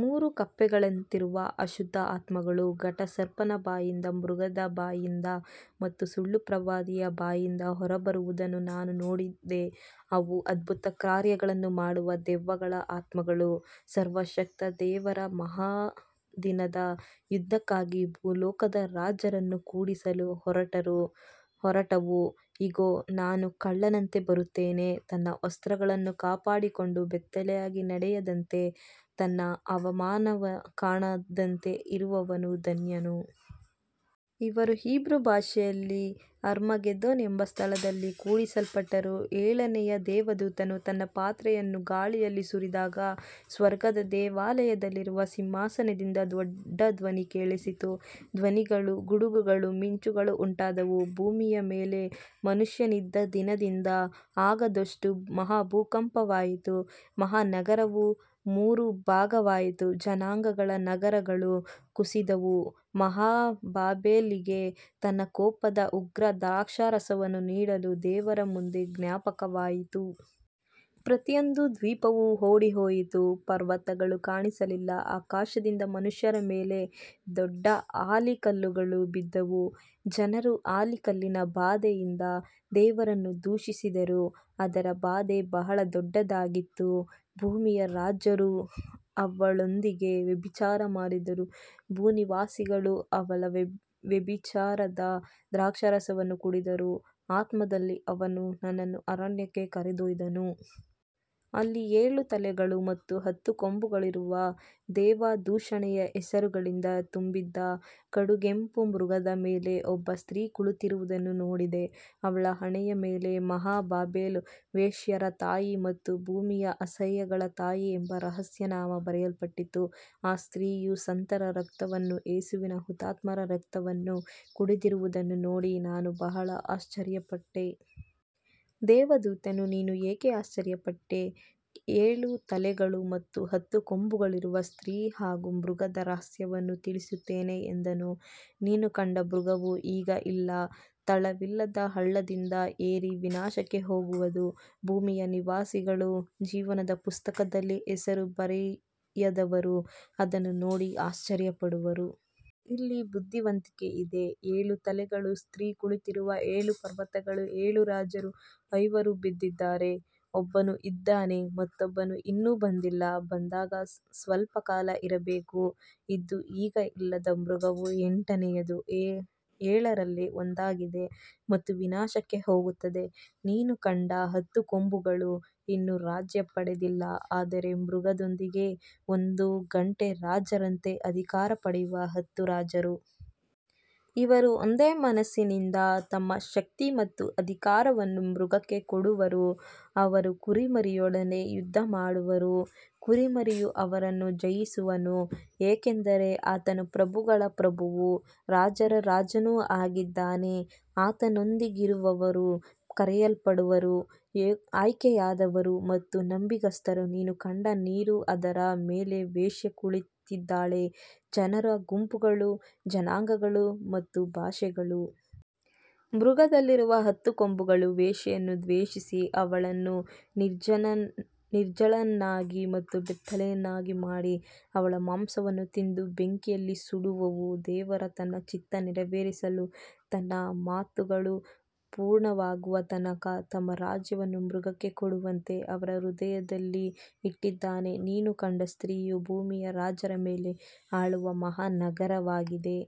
ಮೂರು ಕಪ್ಪೆಗಳಂತಿರುವ ಅಶುದ್ಧ ಆತ್ಮಗಳು ಘಟಸರ್ಪನ ಬಾಯಿಂದ, ಮೃಗದ ಬಾಯಿಂದ ಮತ್ತು ಸುಳ್ಳುಪ್ರವಾದಿಯ ಬಾಯಿಂದ ಹೊರಬರುವುದನ್ನು ನಾನು ನೋಡಿದೆ. ಅವು ಅದ್ಭುತಕಾರ್ಯಗಳನ್ನು ಮಾಡುವ ದೆವ್ವಗಳ ಆತ್ಮಗಳು, ಸರ್ವಶಕ್ತ ದೇವರ ಮಹಾದಿನದ ಯುದ್ಧಕ್ಕಾಗಿ ಭೂಲೋಕದ ರಾಜರನ್ನು ಕೂಡಿಸಲು ಹೊರಟವು. ಇಗೋ, ನಾನು ಕಳ್ಳನಂತೆ ಬರುತ್ತೇನೆ. ತನ್ನ ವಸ್ತ್ರಗಳನ್ನು ಕಾಪಾಡಿಕೊಂಡು ಬೆತ್ತಲೆಯಾಗಿ ನಡೆಯದಂತೆ, ತನ್ನ ಅವಮಾನ ಕಾಣದಂತೆ ಇರುವವನು ಧನ್ಯನು. ಅವರು ಹೀಬ್ರೂ ಭಾಷೆಯಲ್ಲಿ ಅರ್ಮಗೆದೋನ್ ಎಂಬ ಸ್ಥಳದಲ್ಲಿ ಕೂಡಿಸಲ್ಪಟ್ಟರು. ಏಳನೆಯ ದೇವದೂತನು ತನ್ನ ಪಾತ್ರೆಯನ್ನು ಗಾಳಿಯಲ್ಲಿ ಸುರಿದಾಗ, ಸ್ವರ್ಗದ ದೇವಾಲಯದಲ್ಲಿರುವ ಸಿಂಹಾಸನದಿಂದ ದೊಡ್ಡ ಧ್ವನಿ ಕೇಳಿಸಿತು. ಧ್ವನಿಗಳು, ಗುಡುಗುಗಳು, ಮಿಂಚುಗಳು ಉಂಟಾದವು, ಭೂಮಿಯ ಮೇಲೆ ಮನುಷ್ಯನಿದ್ದಂದಿನಿಂದ ಆಗದಷ್ಟು ಮಹಾಭೂಕಂಪವಾಯಿತು. ಮಹಾನಗರವು ಮೂರು ಭಾಗವಾಯಿತು, ಜನಾಂಗಗಳ ನಗರಗಳು ಕುಸಿದವು, ಮಹಾ ಬಾಬೆಲಿಗೆ ತನ್ನ ಕೋಪದ ಉಗ್ರದ್ರಾಕ್ಷಾರಸವನ್ನು ನೀಡಲು ದೇವರ ಮುಂದೆ ಜ್ಞಾಪಕವಾಯಿತು. ಪ್ರತಿಯೊಂದು ದ್ವೀಪವೂ ಓಡಿಹೋಯಿತು, ಪರ್ವತಗಳು ಕಾಣಿಸಲಿಲ್ಲ. ಆಕಾಶದಿಂದ ಮನುಷ್ಯರ ಮೇಲೆ ದೊಡ್ಡ ಆಲಿಕಲ್ಲುಗಳು ಬಿದ್ದವು, ಜನರು ಆಲಿಕಲ್ಲಿನ ಬಾಧೆಯಿಂದ ದೇವರನ್ನು ದೂಷಿಸಿದರು, ಅದರ ಬಾಧೆ ಬಹಳ ದೊಡ್ಡದಾಗಿತ್ತು. ಭೂಮಿಯ ರಾಜರು ಅವಳೊಂದಿಗೆ ವ್ಯಭಿಚಾರ ಮಾಡಿದರು, ಭೂನಿವಾಸಿಗಳು ಅವಳ ವ್ಯಭಿಚಾರದ ದ್ರಾಕ್ಷಾರಸವನ್ನು ಕುಡಿದರು. ಆತ್ಮದಲ್ಲಿ ಅವನು ನನ್ನನ್ನು ಅರಣ್ಯಕ್ಕೆ ಕರೆದೊಯ್ದನು. ಅಲ್ಲಿ ಏಳು ತಲೆಗಳು ಮತ್ತು ಹತ್ತು ಕೊಂಬುಗಳಿರುವ, ದೇವದೂಷಣೆಯ ಹೆಸರುಗಳಿಂದ ತುಂಬಿದ ಕಡುಗೆಂಪು ಮೃಗದ ಮೇಲೆ ಒಬ್ಬ ಸ್ತ್ರೀ ಕುಳಿತಿರುವುದನ್ನು ನೋಡಿದೆ. ಅವಳ ಹಣೆಯ ಮೇಲೆ, ಮಹಾ ಬಾಬೆಲು, ವೇಶ್ಯೆಯರ ತಾಯಿ ಮತ್ತು ಭೂಮಿಯ ಅಸಹ್ಯಗಳ ತಾಯಿ ಎಂಬ ರಹಸ್ಯನಾಮ ಬರೆಯಲ್ಪಟ್ಟಿತ್ತು. ಆ ಸ್ತ್ರೀಯು ಸಂತರ ರಕ್ತವನ್ನೂ ಯೇಸುವಿನ ಹುತಾತ್ಮರ ರಕ್ತವನ್ನೂ ಕುಡಿದಿರುವುದನ್ನು ನೋಡಿ ನಾನು ಬಹಳ ಆಶ್ಚರ್ಯಪಟ್ಟೆ. ದೇವದೂತನು, ನೀನು ಏಕೆ ಆಶ್ಚರ್ಯಪಟ್ಟೆ, ಏಳು ತಲೆಗಳು ಮತ್ತು ಹತ್ತು ಕೊಂಬುಗಳಿರುವ ಸ್ತ್ರೀ ಹಾಗೂ ಮೃಗದ ರಹಸ್ಯವನ್ನು ತಿಳಿಸುತ್ತೇನೆ ಎಂದನು. ನೀನು ಕಂಡ ಮೃಗವು ಈಗ ಇಲ್ಲ, ತಳವಿಲ್ಲದ ಹಳ್ಳದಿಂದ ಏರಿ ವಿನಾಶಕ್ಕೆ ಹೋಗುವುದು. ಭೂಮಿಯ ನಿವಾಸಿಗಳು, ಜೀವನದ ಪುಸ್ತಕದಲ್ಲಿ ಹೆಸರು ಬರೆಯದವರು, ಅದನ್ನು ನೋಡಿ ಆಶ್ಚರ್ಯಪಡುವರು. ಇಲ್ಲಿ ಬುದ್ಧಿವಂತಿಕೆ ಇದೆ. ಏಳು ತಲೆಗಳು ಸ್ತ್ರೀ ಕುಳಿತಿರುವ ಏಳು ಪರ್ವತಗಳು, ಏಳು ರಾಜರು. ಐವರು ಬಿದ್ದಿದ್ದಾರೆ, ಒಬ್ಬನು ಇದ್ದಾನೆ, ಮತ್ತೊಬ್ಬನು ಇನ್ನೂ ಬಂದಿಲ್ಲ, ಬಂದಾಗ ಸ್ವಲ್ಪಕಾಲ ಇರಬೇಕು. ಇದ್ದು ಈಗ ಇಲ್ಲದ ಮೃಗವು ಎಂಟನೆಯದು, ಏಳರಲ್ಲಿ ಒಂದಾಗಿದೆ ಮತ್ತು ವಿನಾಶಕ್ಕೆ ಹೋಗುತ್ತದೆ. ನೀನು ಕಂಡ ಹತ್ತು ಕೊಂಬುಗಳು ಇನ್ನೂ ರಾಜ್ಯ ಪಡೆದಿಲ್ಲ, ಆದರೆ ಮೃಗದೊಂದಿಗೆ ಒಂದು ಗಂಟೆ ರಾಜರಂತೆ ಅಧಿಕಾರ ಪಡೆಯುವ ಹತ್ತು ರಾಜರು. ಇವರು ಒಂದೇ ಮನಸ್ಸಿನಿಂದ ತಮ್ಮ ಶಕ್ತಿ ಮತ್ತು ಅಧಿಕಾರವನ್ನು ಮೃಗಕ್ಕೆ ಕೊಡುವರು. ಅವರು ಕುರಿಮರಿಯೊಡನೆ ಯುದ್ಧ ಮಾಡುವರು, ಕುರಿಮರಿಯು ಅವರನ್ನು ಜಯಿಸುವನು, ಏಕೆಂದರೆ ಆತನು ಪ್ರಭುಗಳ ಪ್ರಭುವೂ ರಾಜರ ರಾಜನೂ ಆಗಿದ್ದಾನೆ, ಆತನೊಂದಿಗಿರುವವರು ಕರೆಯಲ್ಪಟ್ಟವರು, ಆಯ್ಕೆಯಾದವರು ಮತ್ತು ನಂಬಿಗಸ್ತರು. ನೀನು ಕಂಡ ನೀರು, ಅದರ ಮೇಲೆ ವೇಶ್ಯೆ ಕುಳಿತಿದ್ದಾಳೆ, ಜನರು, ಗುಂಪುಗಳು, ಜನಾಂಗಗಳು ಮತ್ತು ಭಾಷೆಗಳು. ಮೃಗದಲ್ಲಿರುವ ಹತ್ತು ಕೊಂಬುಗಳು ವೇಶ್ಯೆಯನ್ನು ದ್ವೇಷಿಸಿ, ಅವಳನ್ನು ನಿರ್ಜನಳನ್ನಾಗಿ ಮತ್ತು ಬೆತ್ತಲೆಯನ್ನಾಗಿ ಮಾಡಿ, ಅವಳ ಮಾಂಸವನ್ನು ತಿಂದು ಬೆಂಕಿಯಲ್ಲಿ ಸುಡುವವು. ದೇವರು ತನ್ನ ಚಿತ್ತ ನೆರವೇರಿಸಲು, ತನ್ನ ಮಾತುಗಳು ಪೂರ್ಣವಾಗುವ ತನಕ ತಮ್ಮ ರಾಜ್ಯವನ್ನು ಮೃಗಕ್ಕೆ ಕೊಡುವಂತೆ ಅವರ ಹೃದಯದಲ್ಲಿ ಇಟ್ಟಿದ್ದಾನೆ. ನೀನು ಕಂಡ ಸ್ತ್ರೀಯು ಭೂಮಿಯ ರಾಜರ ಮೇಲೆ ಆಳುವ ಮಹಾನಗರವಾಗಿದೆ.